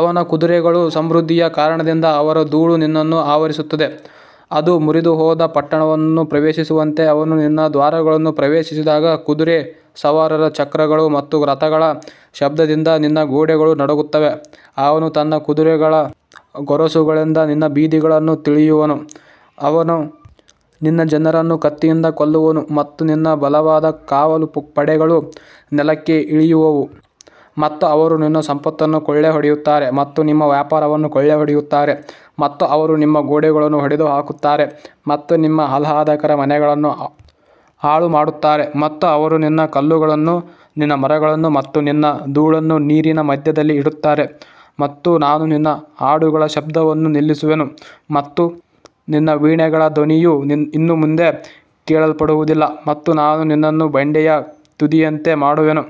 ಅವನ ಕುದುರೆಗಳ ಸಮೃದ್ಧಿಯ ಕಾರಣದಿಂದ ಅವರ ಧೂಳು ನಿನ್ನನ್ನು ಆವರಿಸುತ್ತದೆ, ಅದು ಮುರಿದುಹೋದ ಪಟ್ಟಣವನ್ನು ಪ್ರವೇಶಿಸುವಂತೆ ಅವನು ನಿನ್ನ ದ್ವಾರಗಳನ್ನು ಪ್ರವೇಶಿಸಿದಾಗ ಕುದುರೆ ಸವಾರರ, ಚಕ್ರಗಳ ಮತ್ತು ರಥಗಳ ಶಬ್ದದಿಂದ ನಿನ್ನ ಗೋಡೆಗಳು ನಡುಗುತ್ತವೆ. ಅವನು ತನ್ನ ಕುದುರೆಗಳ ಗೊರಸುಗಳಿಂದ ನಿನ್ನ ಬೀದಿಗಳನ್ನು ತುಳಿಯುವನು, ಅವನು ನಿನ್ನ ಜನರನ್ನು ಕತ್ತಿಯಿಂದ ಕೊಲ್ಲುವನು ಮತ್ತು ನಿನ್ನ ಬಲವಾದ ಕಾವಲು ಪಡೆಗಳು ನೆಲಕ್ಕೆ ಇಳಿಯುವವು. ಮತ್ತು ಅವರು ನಿನ್ನ ಸಂಪತ್ತನ್ನು ಕೊಳ್ಳೆಹೊಡೆಯುತ್ತಾರೆ ಮತ್ತು ನಿಮ್ಮ ವ್ಯಾಪಾರವನ್ನು ಕೊಳ್ಳೆಹೊಡೆಯುತ್ತಾರೆ ಮತ್ತು ಅವರು ನಿಮ್ಮ ಗೋಡೆಗಳನ್ನು ಒಡೆದುಹಾಕುತ್ತಾರೆ ಮತ್ತು ನಿಮ್ಮ ಆಹ್ಲಾದಕರ ಮನೆಗಳನ್ನು ಹಾಳುಮಾಡುತ್ತಾರೆ ಮತ್ತು ಅವರು ನಿನ್ನ ಕಲ್ಲುಗಳನ್ನು, ನಿನ್ನ ಮರಗಳನ್ನು ಮತ್ತು ನಿನ್ನ ಧೂಳನ್ನು ನೀರಿನ ಮಧ್ಯದಲ್ಲಿ ಇಡುತ್ತಾರೆ. ಮತ್ತು ನಾನು ನಿನ್ನ ಹಾಡುಗಳ ಶಬ್ದವನ್ನು ನಿಲ್ಲಿಸುವೆನು ಮತ್ತು ನಿನ್ನ ವೀಣೆಗಳ ಧ್ವನಿಯು ಇನ್ನು ಮುಂದೆ ಕೇಳಲ್ಪಡುವುದಿಲ್ಲ ಮತ್ತು ನಾನು ನಿನ್ನನ್ನು ಬಂಡೆಯ ತುದಿಯಂತೆ ಮಾಡುವೆನು,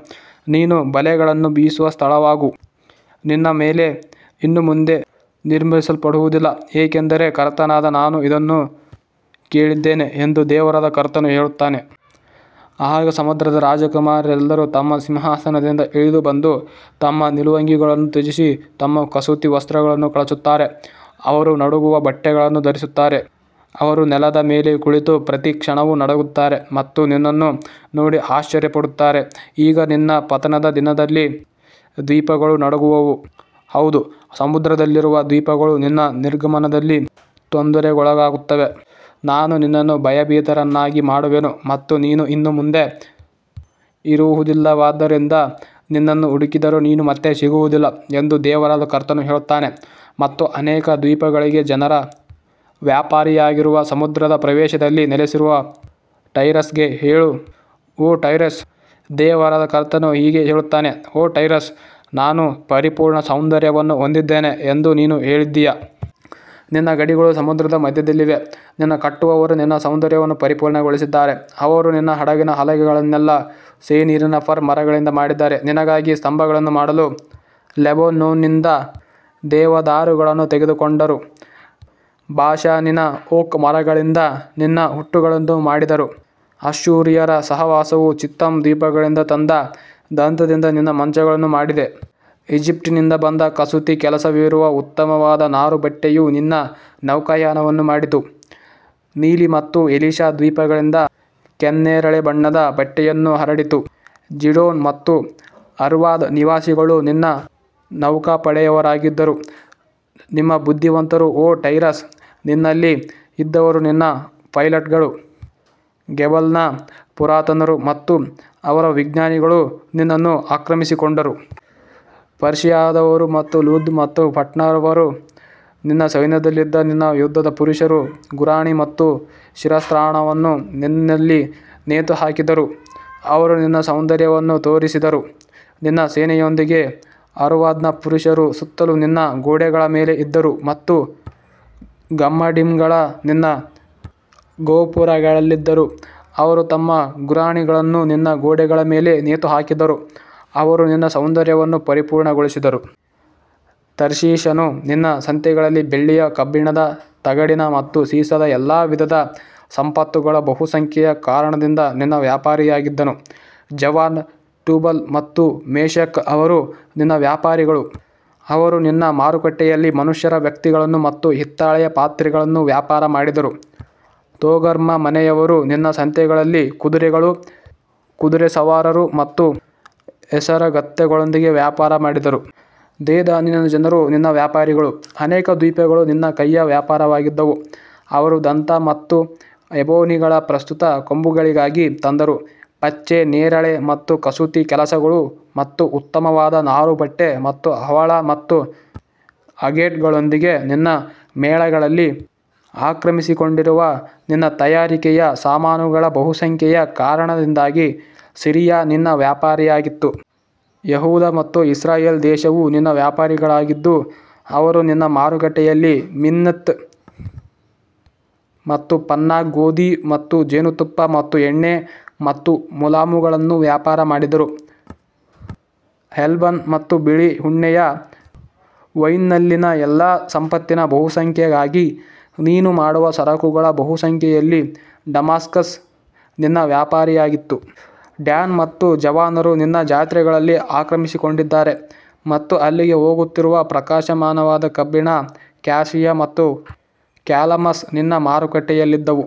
ನೀನು ಬಲೆಗಳನ್ನು ಬೀಸುವ ಸ್ಥಳವಾಗು, ನಿನ್ನ ಮೇಲೆ ಇನ್ನು ಮುಂದೆ ನಿರ್ಮಿಸಲ್ಪಡುವುದಿಲ್ಲ, ಏಕೆಂದರೆ ಕರ್ತನಾದ ನಾನು ಇದನ್ನು ಹೇಳಿದ್ದೇನೆ ಎಂದು ದೇವರಾದ ಕರ್ತನು ಹೇಳುತ್ತಾನೆ. ಆಗ ಸಮುದ್ರದ ರಾಜಕುಮಾರರೆಲ್ಲರೂ ತಮ್ಮ ಸಿಂಹಾಸನದಿಂದ ಇಳಿದು ಬಂದು ತಮ್ಮ ನಿಲುವಂಗಿಗಳನ್ನು ತ್ಯಜಿಸಿ ತಮ್ಮ ಕಸೂತಿ ವಸ್ತ್ರಗಳನ್ನು ಕಳಚುತ್ತಾರೆ. ಅವರು ನಡುಗುವ ಬಟ್ಟೆಗಳನ್ನು ಧರಿಸುತ್ತಾರೆ, ಅವರು ನೆಲದ ಮೇಲೆ ಕುಳಿತು ಪ್ರತಿ ಕ್ಷಣವೂ ನಡುಗುತ್ತಾರೆ ಮತ್ತು ನಿನ್ನನ್ನು ನೋಡಿ ಆಶ್ಚರ್ಯಪಡುತ್ತಾರೆ. ಈಗ ನಿನ್ನ ಪತನದ ದಿನದಲ್ಲಿ ದ್ವೀಪಗಳು ನಡುಗುವವು, ಹೌದು, ಸಮುದ್ರದಲ್ಲಿರುವ ದ್ವೀಪಗಳು ನಿನ್ನ ನಿರ್ಗಮನದಲ್ಲಿ ತೊಂದರೆಗೊಳಗಾಗುತ್ತವೆ. ನಾನು ನಿನ್ನನ್ನು ಭಯಭೀತರನ್ನಾಗಿ ಮಾಡುವೆನು ಮತ್ತು ನೀನು ಇನ್ನು ಮುಂದೆ ಇರುವುದಿಲ್ಲವಾದ್ದರಿಂದ ನಿನ್ನನ್ನು ಹುಡುಕಿದರೂ ನೀನು ಮತ್ತೆ ಸಿಗುವುದಿಲ್ಲ ಎಂದು ದೇವರಾದ ಕರ್ತನು ಹೇಳುತ್ತಾನೆ. ಮತ್ತು ಅನೇಕ ದ್ವೀಪಗಳಿಗೆ ಜನರ ವ್ಯಾಪಾರಿಯಾಗಿರುವ ಸಮುದ್ರದ ಪ್ರವೇಶದಲ್ಲಿ ನೆಲೆಸಿರುವ ಟೈರಸ್ಗೆ ಹೇಳು, ಓ ಟೈರಸ್, ದೇವರಾದ ಕರ್ತನು ಹೀಗೆ ಹೇಳುತ್ತಾನೆ, ಓ ಟೈರಸ್, ನಾನು ಪರಿಪೂರ್ಣ ಸೌಂದರ್ಯವನ್ನು ಹೊಂದಿದ್ದೇನೆ ಎಂದು ನೀನು ಹೇಳಿದ್ದೀಯ. ನಿನ್ನ ಗಡಿಗಳು ಸಮುದ್ರದ ಮಧ್ಯದಲ್ಲಿವೆ, ನಿನ್ನ ಕಟ್ಟುವವರು ನಿನ್ನ ಸೌಂದರ್ಯವನ್ನು ಪರಿಪೂರ್ಣಗೊಳಿಸಿದ್ದಾರೆ. ಅವರು ನಿನ್ನ ಹಡಗಿನ ಹಲಗೆಗಳನ್ನೆಲ್ಲಾ ಸೆನೀರಿನ ಫರ್ ಮರಗಳಿಂದ ಮಾಡಿದ್ದಾರೆ, ನಿನಗಾಗಿ ಸ್ತಂಭಗಳನ್ನು ಮಾಡಲು ಲೆಬನೋನ್ನಿಂದ ದೇವದಾರುಗಳನ್ನು ತೆಗೆದುಕೊಂಡರು. ಬಾಷಾನಿನ ಓಕ್ ಮರಗಳಿಂದ ನಿನ್ನ ಹುಟ್ಟುಗಳನ್ನು ಮಾಡಿದರು, ಅಶ್ಶೂರಿಯರ ಸಹವಾಸವು ಚಿತ್ತೀಮ್ ದ್ವೀಪಗಳಿಂದ ತಂದ ದಂತದಿಂದ ನಿನ್ನ ಮಂಚಗಳನ್ನು ಮಾಡಿದೆ. ಈಜಿಪ್ಟ್ನಿಂದ ಬಂದ ಕಸೂತಿ ಕೆಲಸವಿರುವ ಉತ್ತಮವಾದ ನಾರುಬಟ್ಟೆಯು ನಿನ್ನ ನೌಕಾಯಾನವನ್ನು ಮಾಡಿತು, ನೀಲಿ ಮತ್ತು ಎಲಿಷಾ ದ್ವೀಪಗಳಿಂದ ಕೆನ್ನೇರಳೆ ಬಣ್ಣದ ಬಟ್ಟೆಯನ್ನು ಹರಡಿತು. ಝೀಡೋನ್ ಮತ್ತು ಅರ್ವಾದ್ ನಿವಾಸಿಗಳು ನಿನ್ನ ನೌಕಾಪಡೆಯವರಾಗಿದ್ದರು, ನಿಮ್ಮ ಬುದ್ಧಿವಂತರು ಓ ಟೈರಸ್, ನಿನ್ನಲ್ಲಿ ಇದ್ದವರು ನಿನ್ನ ಪೈಲಟ್ಗಳು, ಗೆಬಲ್ನ ಪುರಾತನರು ಮತ್ತು ಅವರ ಜ್ಞಾನಿಗಳು ನಿನ್ನನ್ನು ಆಕ್ರಮಿಸಿಕೊಂಡರು. ಪರ್ಷಿಯಾದವರು ಮತ್ತು ಲುದ್ ಮತ್ತು ಫುಟ್ನವರು ನಿನ್ನ ಸೈನ್ಯದಲ್ಲಿದ್ದ ನಿನ್ನ ಯುದ್ಧದ ಪುರುಷರು, ಗುರಾಣಿ ಮತ್ತು ಶಿರಸ್ತ್ರಾಣವನ್ನು ನಿನ್ನಲ್ಲಿ ನೇತುಹಾಕಿದರು, ಅವರು ನಿನ್ನ ಸೌಂದರ್ಯವನ್ನು ತೋರಿಸಿದರು. ನಿನ್ನ ಸೇನೆಯೊಂದಿಗೆ ಅರ್ವಾದ್ನ ಪುರುಷರು ಸುತ್ತಲೂ ನಿನ್ನ ಗೋಡೆಗಳ ಮೇಲೆ ಇದ್ದರು ಮತ್ತು ಗಮ್ಮಡಿಮ್ಗಳು ನಿನ್ನ ಗೋಪುರಗಳಲ್ಲಿದ್ದರು. ಅವರು ತಮ್ಮ ಗುರಾಣಿಗಳನ್ನು ನಿನ್ನ ಗೋಡೆಗಳ ಮೇಲೆ ನೇತುಹಾಕಿದರು, ಅವರು ನಿನ್ನ ಸೌಂದರ್ಯವನ್ನು ಪರಿಪೂರ್ಣಗೊಳಿಸಿದರು. ತರ್ಷೀಷನು ನಿನ್ನ ಸಂತೆಗಳಲ್ಲಿ ಬೆಳ್ಳಿಯ, ಕಬ್ಬಿಣದ, ತಗಡಿನ ಮತ್ತು ಸೀಸದ ಎಲ್ಲಾ ವಿಧದ ಸಂಪತ್ತುಗಳ ಬಹುಸಂಖ್ಯೆಯ ಕಾರಣದಿಂದ ನಿನ್ನ ವ್ಯಾಪಾರಿಯಾಗಿದ್ದನು. ಜಾವಾನ್, ಟುಬಲ್ ಮತ್ತು ಮೆಷೆಕ್ ಅವರು ನಿನ್ನ ವ್ಯಾಪಾರಿಗಳು, ಅವರು ನಿನ್ನ ಮಾರುಕಟ್ಟೆಯಲ್ಲಿ ಮನುಷ್ಯರ ವ್ಯಕ್ತಿಗಳನ್ನು ಮತ್ತು ಹಿತ್ತಾಳೆಯ ಪಾತ್ರೆಗಳನ್ನು ವ್ಯಾಪಾರ ಮಾಡಿದರು. ತೊಗರ್ಮಾ ಮನೆಯವರು ನಿನ್ನ ಸಂತೆಗಳಲ್ಲಿ ಕುದುರೆಗಳು, ಕುದುರೆಸವಾರರು ಮತ್ತು ಹೇಸರಗತ್ತೆಗಳೊಂದಿಗೆ ವ್ಯಾಪಾರ ಮಾಡಿದರು. ದೇದಾನಿನ ಜನರು ನಿನ್ನ ವ್ಯಾಪಾರಿಗಳು, ಅನೇಕ ದ್ವೀಪಗಳು ನಿನ್ನ ಕೈಯ ವ್ಯಾಪಾರವಾಗಿದ್ದವು, ಅವರು ದಂತ ಮತ್ತು ಎಬೊನಿಗಳ ಪ್ರಸ್ತುತ ಕೊಂಬುಗಳಿಗಾಗಿ ತಂದರು. ಪಚ್ಚೆ, ನೇರಳೆ ಮತ್ತು ಕಸೂತಿ ಕೆಲಸಗಳು ಮತ್ತು ಉತ್ತಮವಾದ ನಾರುಬಟ್ಟೆ ಮತ್ತು ಹವಳ ಮತ್ತು ಅಗೇಟ್ಗಳೊಂದಿಗೆ ನಿನ್ನ ಮೇಳಗಳಲ್ಲಿ ಆಕ್ರಮಿಸಿಕೊಂಡಿರುವ ನಿನ್ನ ತಯಾರಿಕೆಯ ಸಾಮಾನುಗಳ ಬಹುಸಂಖ್ಯೆಯ ಕಾರಣದಿಂದಾಗಿ ಸಿರಿಯಾ ನಿನ್ನ ವ್ಯಾಪಾರಿಯಾಗಿತ್ತು. ಯೆಹೂದ ಮತ್ತು ಇಸ್ರಾಯೇಲ್ ದೇಶವು ನಿನ್ನ ವ್ಯಾಪಾರಿಗಳಾಗಿದ್ದು, ಅವರು ನಿನ್ನ ಮಾರುಕಟ್ಟೆಯಲ್ಲಿ ಮಿನ್ನಿತ್ ಮತ್ತು ಪನ್ನಾಗ್ ಗೋಧಿ ಮತ್ತು ಜೇನುತುಪ್ಪ ಮತ್ತು ಎಣ್ಣೆ ಮತ್ತು ಮುಲಾಮುಗಳನ್ನು ವ್ಯಾಪಾರ ಮಾಡಿದರು. ಹೆಲ್ಬನ್ ಮತ್ತು ಬಿಳಿ ಉಣ್ಣೆಯ ವೈನ್ನಲ್ಲಿನ ಎಲ್ಲಾ ಸಂಪತ್ತಿನ ಬಹುಸಂಖ್ಯೆಗಾಗಿ ನೀನು ಮಾಡುವ ಸರಕುಗಳ ಬಹುಸಂಖ್ಯೆಯಲ್ಲಿ ಡಮಾಸ್ಕಸ್ ನಿನ್ನ ವ್ಯಾಪಾರಿಯಾಗಿತ್ತು. ಡ್ಯಾನ್ ಮತ್ತು ಜವಾನರು ನಿನ್ನ ಜಾತ್ರೆಗಳಲ್ಲಿ ಆಕ್ರಮಿಸಿಕೊಂಡಿದ್ದಾರೆ ಮತ್ತು ಅಲ್ಲಿಗೆ ಹೋಗುತ್ತಿರುವ ಪ್ರಕಾಶಮಾನವಾದ ಕಬ್ಬಿಣ, ಕ್ಯಾಸಿಯಾ ಮತ್ತು ಕ್ಯಾಲಮಸ್ ನಿನ್ನ ಮಾರುಕಟ್ಟೆಯಲ್ಲಿದ್ದವು.